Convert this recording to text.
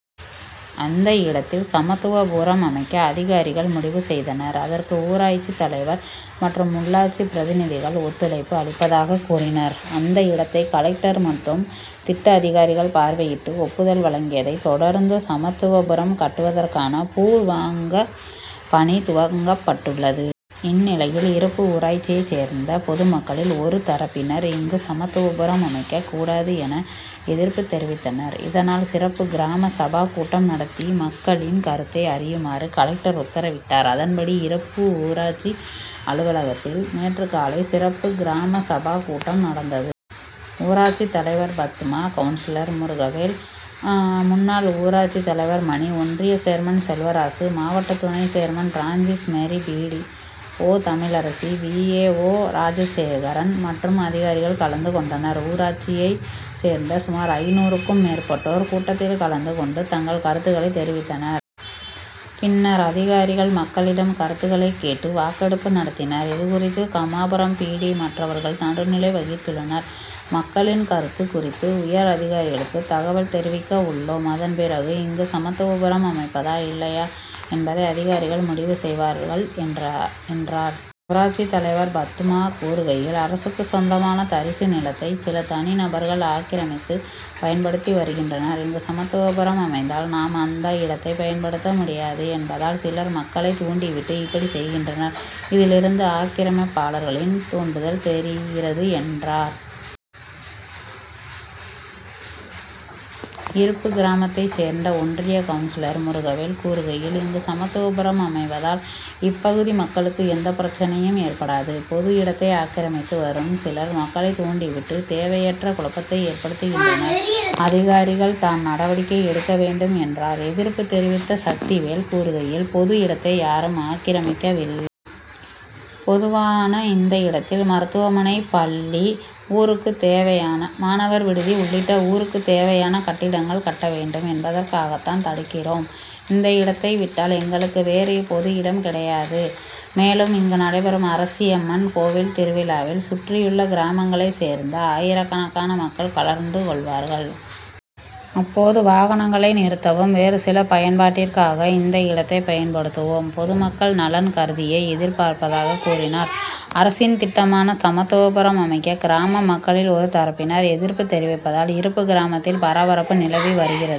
அந்த இடத்தில் சமத்துவபுரம் அமைக்க அதிகாரிகள் முடிவு செய்தனர். அதற்கு ஊராட்சி தலைவர் மற்றும் உள்ளாட்சி பிரதிநிதிகள் ஒத்துழைப்பு அளிப்பதாக கூறினர். அந்த இடத்தை கலெக்டர் மற்றும் திட்ட அதிகாரிகள் பார்வையிட்டு ஒப்புதல் வழங்கியதை தொடர்ந்து சமத்துவபுரம் கட்டுவதற்கான பூர் வாங்க பணி துவங்கப் பட்டுள்ளது. இந்நிலையில் இருப்பு ஊராட்சியை சேர்ந்த பொதுமக்களில் ஒரு தரப்பினர் இங்கு சமத்துவபுரம் அமைக்க கூடாது என எதிர்ப்பு தெரிவித்தனர். இதனால் சிறப்பு கிராம சபா கூட்டம் நடத்தி மக்களின் கருத்தை அறியுமாறு கலெக்டர் உத்தரவிட்டார். அதன்படி இருப்பு ஊராட்சி அலுவலகத்தில் நேற்று காலை சிறப்பு கிராம சபா கூட்டம் நடந் தது. ஊராட்சி தலைவர் பத்மா, கவுன்சிலர் முருகவேல், முன்னாள் ஊராட்சி தலைவர் மணி, ஒன்றிய சேர்மன் செல்வராசு, மாவட்ட துணை chairman Francis Mary, B. D. O., Tamilarasi, V. A. O., Rajasekaran மற்றும் அதிகாரிகள் கலந்து கொண்டனர். ஊராட்சியை சேர்ந்த சுமார் ஐந்நூறுக்கும் மேற்பட்டோர் கூட்டத்தில் கலந்து கொண்டு தங்கள் கருத்துகளை தெரிவித்தனர். பின் னர் அதிகாரிகள் மக்களிடம் கருத்துகளை கேட்டு வாக்கெடுப்பு நடத்தினர். இதுகுறித்து கம்மாபுரம் பி. டி. மற்றவர்கள் நடுநிலை வகித்துள்ளனர். மக்களின் கருத்து குறித்து உயர் அதிகாரிகளுக்கு தகவல் தெரிவிக்க உள்ளோம். அதன் பிறகு இங்கு சமத்துவபுரம் அமைப்பதா? இல்லையா என்பதை அதிகாரிகள் முடிவு செய்வார்கள் என்றார். ஊராட்சி தலைவர் பத்மா கூறுகையில், அரசுக்கு சொந்தமான தரிசு நிலத்தை சில தனி நபர்கள் ஆக்கிரமித்து பயன்படுத்தி வருகின்றனர். இங்கு சமத் துவபுரம் அமைந்தால் நாம் அந்த இடத்தை பயன்படுத்த முடியாது என்பதால் சிலர் மக்களை தூண்டிவிட்டு இப்படி செய்கின்றனர். இதிலிருந்து ஆக்கிரமிப்பாளர்களின் தூண்டுதல் தெரிகிறது என்றார். இருப்பு கிராமத்தை சேர்ந்த ஒன்றிய கவுன்சிலர் முருகவேல் கூறுகையில், இங்கு சமத்துவபுரம் அமைவதால் இப்பகுதி மக்களுக்கு எந்த பிரச்னையும் ஏற்படாது. பொது இடத்தை ஆக்கிரமித்து வரும் சிலர் மக்களை தூண்டி விட்டு தேவையற்ற குழப்பத்தை ஏற்படுத்துகின்றனர். அதிகாரிகள் தான் நடவடிக்கை எடுக்கவேண்டும் என்றார். எதிர்ப்பு தெரிவித்த சக்திவேல் கூறுகையில் பொது இடத்தை யாரும் ஆக்கிரமிக்கவில்லை. பொதுவான இந்த இடத்தில் மருத்துவமனை, பள்ளி, மாணவர் விடுதி உள்ளிட்ட ஊருக்கு தேவையான கட்டிடங்கள் கட்ட வேண்டும் என்பதற்காகதான் தடுக்கிறோம். இந்த இடத்தை விட்டால் எங்களுக்கு வேறு பொது இடம் கிடையாது. மேலும் இங்கு நடைபெறும் அரசியம்மன் கோவில் திருவிழாவில் சுற் றியுள்ள கிராமங்களை சேர்ந்த ஆயிரக்கணக்கான மக்கள் கலந்து கொள் வார்கள். அப்போது வாகனங்களை நிறுத்தவும், வேறு சில பயன்பாட் டிற்காக இந்த இடத்தை பயன்படுத்துவோம். பொதுமக்கள் நலன் கருதியே எதிர்ப்பதாக கூறினார். அரசின் திட்டமான சமத்துவபுரம் அமைக்க கிராம மக்களில் ஒரு தரப்பினர் எதிர்ப்பு தெரிவிப்பதால் இருப்பு கிராமத்தில் பரபரப்பு நிலவி வருகிறது.